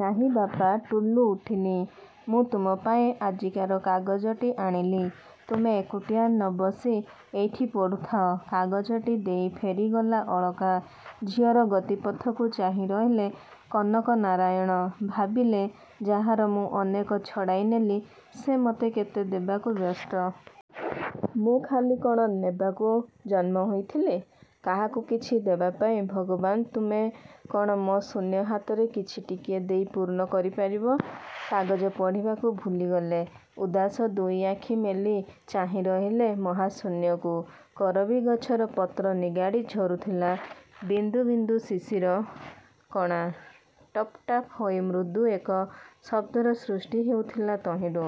ନାହିଁ ବାପା ଟୁଲୁ ଉଠିନି। ମୁଁ ତୁମପାଇଁ ଆଜିକାର କାଗଜଟି ଆଣିଲି। ତୁମେ ଏକୁଟିଆ ନବସି ଏଇଠି ପଢ଼ୁଥାଅ। କାଗଜଟି ଦେଇ ଫେରିଗଲେ ଅଳକା। ଝିଅର ଗତିପଥକୁ ଚାହିଁ ରହିଲେ କନକ ନାରାୟଣ। ଭାବିଲେ-ଯାହାର ମୁଁ ଅନେକ ଛଡ଼ାଇନେଲି, ସେ ମୋତେ କେତେ ଦେବାକୁ ବ୍ୟସ୍ତ। ମୁଁ ଖାଲି କ'ଣ ନେବାକୁ ଜନ୍ମ ହୋଇଥିଲି! କାହାକୁ କିଛି ଦେବାପାଇଁ ଭଗବାନ ତୁମେ କ'ଣ ମୋ ଶୂନ୍ୟ ହାତରେ କିଛି ଟିକିଏ ଦେଇ ପୂର୍ଣ୍ଣ କରିପାରିବ? କାଗଜ ପଢ଼ିବାକୁ ଭୁଲିଗଲେ। ଉଦାସ ଦୁଇଆଖି ମେଲି ଚାହିଁରହିଲେ ମହାଶୂନ୍ୟକୁ-। କରବୀ ଗଛର ପତ୍ର ନିଗାଡ଼ି ଝରୁଥିଲା ବିନ୍ଦୁ ବିନ୍ଦୁ ଶିଶିର କଣା, ଟପ୍ ଟାପ୍ ହୋଇ ମୃଦୁ ଏକ ଶବ୍ଦର ସୃଷ୍ଟି ହେଉଥିଲା ତହିଁରୁ।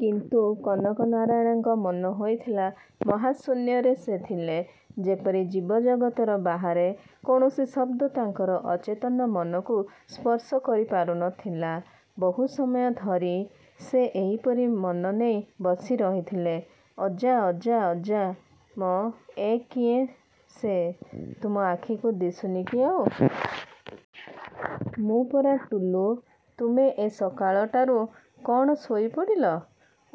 କିନ୍ତୁ କନକ ନାରାୟଣଙ୍କ ମନହୋଇଥିଲା ମହାଶୂନ୍ୟରେ ସେ ଥିଲେ-ଯେପରି ଜୀବଜଗତର ବାହାରେ, କୌଣସି ଶବ୍ଦ ତାଙ୍କର ଅଚେତନ ମନକୁ ସ୍ପର୍ଶ କରିପାରୁନଥିଲା। ବହୁ ସମୟ ଧରି ସେ ଏହିପରି ମନ ନେଇ ବସିରହିଥିଲେ। -ଅଜା, ଅଜା, ଅଜା ମ -ଏଁ, କିଏ ସେ? -ତୁମ ଆଖିକୁ ଦିଶୁନି କି ଆଉ? ମୁଁ ପରା ଟୁଲୁ, ତୁମେ ଏ ସକାଳଟାରୁ କ'ଣ ଶୋଇପଡ଼ିଲ?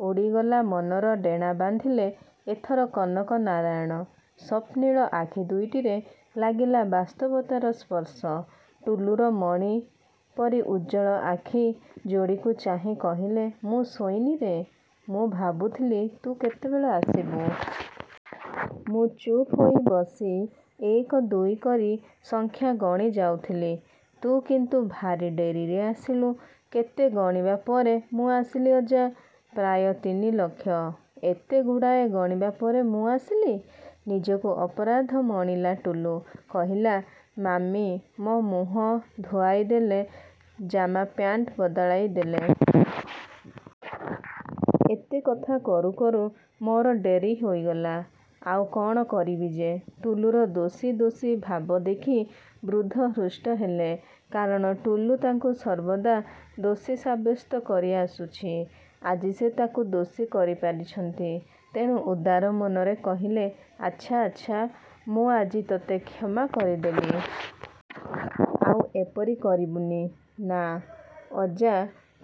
ଉଡ଼ିଗଲା ମନର ଡେଣା ବାନ୍ଧିଲେ ଏଥର କନକ ନାରାୟଣ। ସ୍ୱପ୍ନିଳ ଆଖିଦୁଇଟିରେ ଲାଗିଲା ବାସ୍ତବତାର ସ୍ପର୍ଶ। ଟୁଲୁର ମଣି ପରି ଉଜ୍ଜ୍ୱଳ ଆଖି ଯୋଡ଼ିକୁ ଚାହିଁ କହିଲେ-ମୁଁ ଶୋଇନିରେ, ମୁଁ ଭାବୁଥିଲି ତୁ କେତେବେଳେ ଆସିବୁ। ମୁଁ ଚୁପ୍ ହୋଇ ବସି ଏକ ଦୁଇ କରି ସଂଖ୍ୟା ଗଣିଯାଉଥିଲି। ତୁ କିନ୍ତୁ ଭାରି ଡେରିରେ ଆସିଲୁ। -କେତେ ଗଣିବା ପରେ ମୁଁ ଆସିଲି ଅଜା? -ପ୍ରାୟ ତିନିଲକ୍ଷ। ଏତେଗୁଡ଼ାଏ ଗଣିବା ପରେ ମୁଁ ଆସିଲି! ନିଜକୁ ଅପରାଧ ମଣିଲା ଟୁଲୁ, କହିଲା-ମାମି ମୋ ମୁହଁ ଧୁଆଇଦେଲେ, ଜାମା ପ୍ୟାଣ୍ଟ ବଦଳାଇଦେଲେ। ଏତେକଥା କରୁ କରୁ ମୋର ଡେରି ହୋଇଗଲା। ଆଉ କ'ଣ କରିବି ଯେ। ଟୁଲୁର ଦୋଷୀ ଦୋଷୀ ଭାବ ଦେଖି ବୃଦ୍ଧ ହୃଷ୍ଟ ହେଲେ। କାରଣ ଟୁଲୁ ତାଙ୍କୁ ସର୍ବଦା ଦୋଷୀ ସାବ୍ୟସ୍ତ କରିଆସୁଛି। ଆଜି ସେ ତାକୁ ଦୋଷୀ କରିପାରିଛନ୍ତି। ତେଣୁ ଉଦାର ମନରେ କହିଲେ-ଆଚ୍ଛା, ଆଚ୍ଛା, ମୁଁ ଆଜି ତୋତେ କ୍ଷମା କରିଦେଲି। ଆଉ ଏପରି କରିବୁନି। -ନାଁ, ଅଜା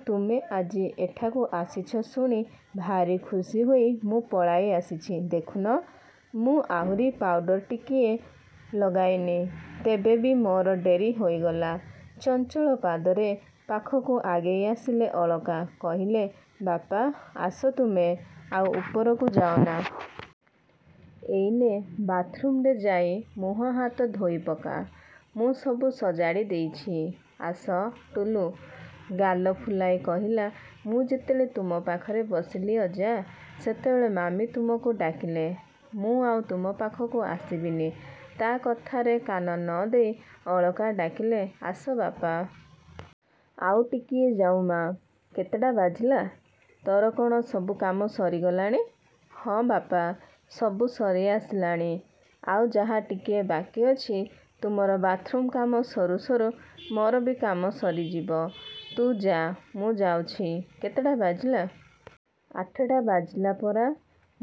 ତୁମେ ଆଜି ଏଠାକୁ ଆସିଛ ଶୁଣି ଭାରି ଖୁସିହୋଇ ମୁଁ ପଳାଇଆସିଛି। ଦେଖୁନ, ମୁଁ ଆହୁରି ପାଉଡର ଟିକିଏ ଲଗାଇନି। ତେବେ ବି ମୋର ଡେରି ହୋଇଗଲା। ଚଞ୍ଚଳ ପାଦରେ ପାଖକୁ ଆଗେଇଆସିଲେ ଅଳକା। କହିଲେ-ବାପା, ଆସ ତୁମେ, ଆଉ ଉପରକୁ ଯାଅନା। ଏଇନେ ବାଥ୍ରୁମରେ ଯାଇ ମୁଁହ ହାତ ଧୋଇପକା। ମୁଁ ସବୁ ସଜାଡ଼ିଦେଇଛି। ଆସ। ଟୁଲୁ। ଗାଲ ଫୁଲାଇ କହିଲା-ମୁଁ ଯେତେବେଳେ ତୁମ ପାଖରେ ବସିଲି ଅଜା, ସେତେବେଳେ ମାମି ତୁମକୁ ଡାକିଲେ। ମୁଁ ଆଉ ତୁମ ପାଖକୁ ଆସିବିନି। ତା' କଥାରେ କାନ ନଦେଇ ଅଳକା ଡାକିଲେ-ଆସ ବାପା। ଆଉ ଟିକିଏ ଯାଉ ମା'। କେତେଟା ବାଜିଲା? ତୋର କ'ଣ ସବୁ କାମ ସରିଗଲାଣି? ହଁ ବାପା, ସବୁ ସରିଆସିଲାଣି। ଆଉ ଯାହା ଟିକିଏ ବାକିଅଛି ତୁମର ବାଥ୍ରୁମ୍ କାମ ସରୁ ସରୁ ମୋର ବି କାମ ସରିଯିବ। ତୁ ଯାଆ, ମୁଁ ଯାଉଛି। କେତେଟା ବାଜିଲା? ଆଠଟା ବାଜିଲା ପରା।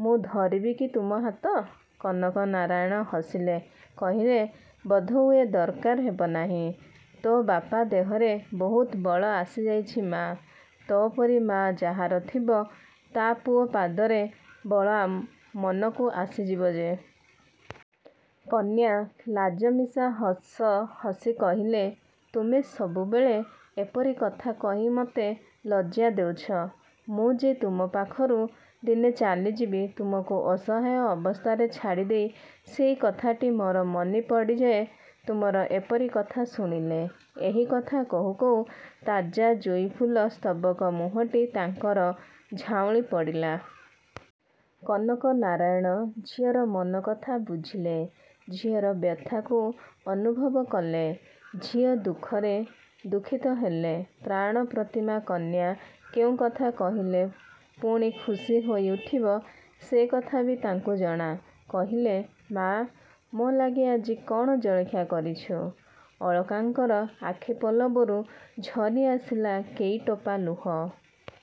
ମୁଁ ଧରିବି କି ତୁମ ହାତ? କନକ ନାରାୟଣ ହସିଲେ। କହିଲେ-ବୋଧହୁଏ ଦରକାର ହେବ ନାହିଁ। ତୋ ବାପା ଦେହରେ ବହୁତ ବଳ ଆସିଯାଇଛି ମା'। ତୋପରି ମା' ଯାହାର ଥିବ, ତା' ପୁଅ ପାଦରେ ବଳ ମନକୁ ଆସିଯିବ ଯେ। କନ୍ୟା ଲାଜମିଶା ହସ ହସି କହିଲେ, ତୁମେ ସବୁବେଳେ ଏପରି କଥା କହି ମତେ ଲଜ୍ଜା ଦେଉଛ। ମୁଁ ଯେ ତୁମପାଖରୁ ଦିନେ ଚାଲିଯିବି ତୁମକୁ ଅସହାୟ ଅବସ୍ଥାରେ ଛାଡ଼ିଦେଇ, ସେଇ କଥାଟି ମୋର ମନେପଡ଼ିଯାଏ ତୁମର ଏପରି କଥା ଶୁଣିଲେ। ଏହି କଥା କହୁ କହୁ ତାଜା ଜୁଇଫୁଲ ସ୍ତବକ ମୁହଁଟି ତାଙ୍କର ଝାଉଁଳିପଡ଼ିଲା। କନକ ନାରାୟଣ ଝିଅର ମନକଥା ବୁଝିଲେ। ଝିଅର ବ୍ୟଥାକୁ ଅନୁଭବ କଲେ। ଝିଅ ଦୁଃଖରେ ଦୁଃଖିତ ହେଲେ। ପ୍ରାଣ-ପ୍ରତିମା କନ୍ୟା କେଉଁ କଥା କହିଲେ ପୁଣି ଖୁସି ହୋଇଉଠିବ, ସେକଥା ବି ତାଙ୍କୁ ଜଣା। କହିଲେ-ମା', ମୋଲାଗି ଆଜି କ'ଣ ଜଳଖିଆ କରିଛୁ! ଅଳକାଙ୍କର ଆଖିପଲ୍ଲବରୁ ଝରିଆସିଲା କେଇଟୋପା ଲୁହ।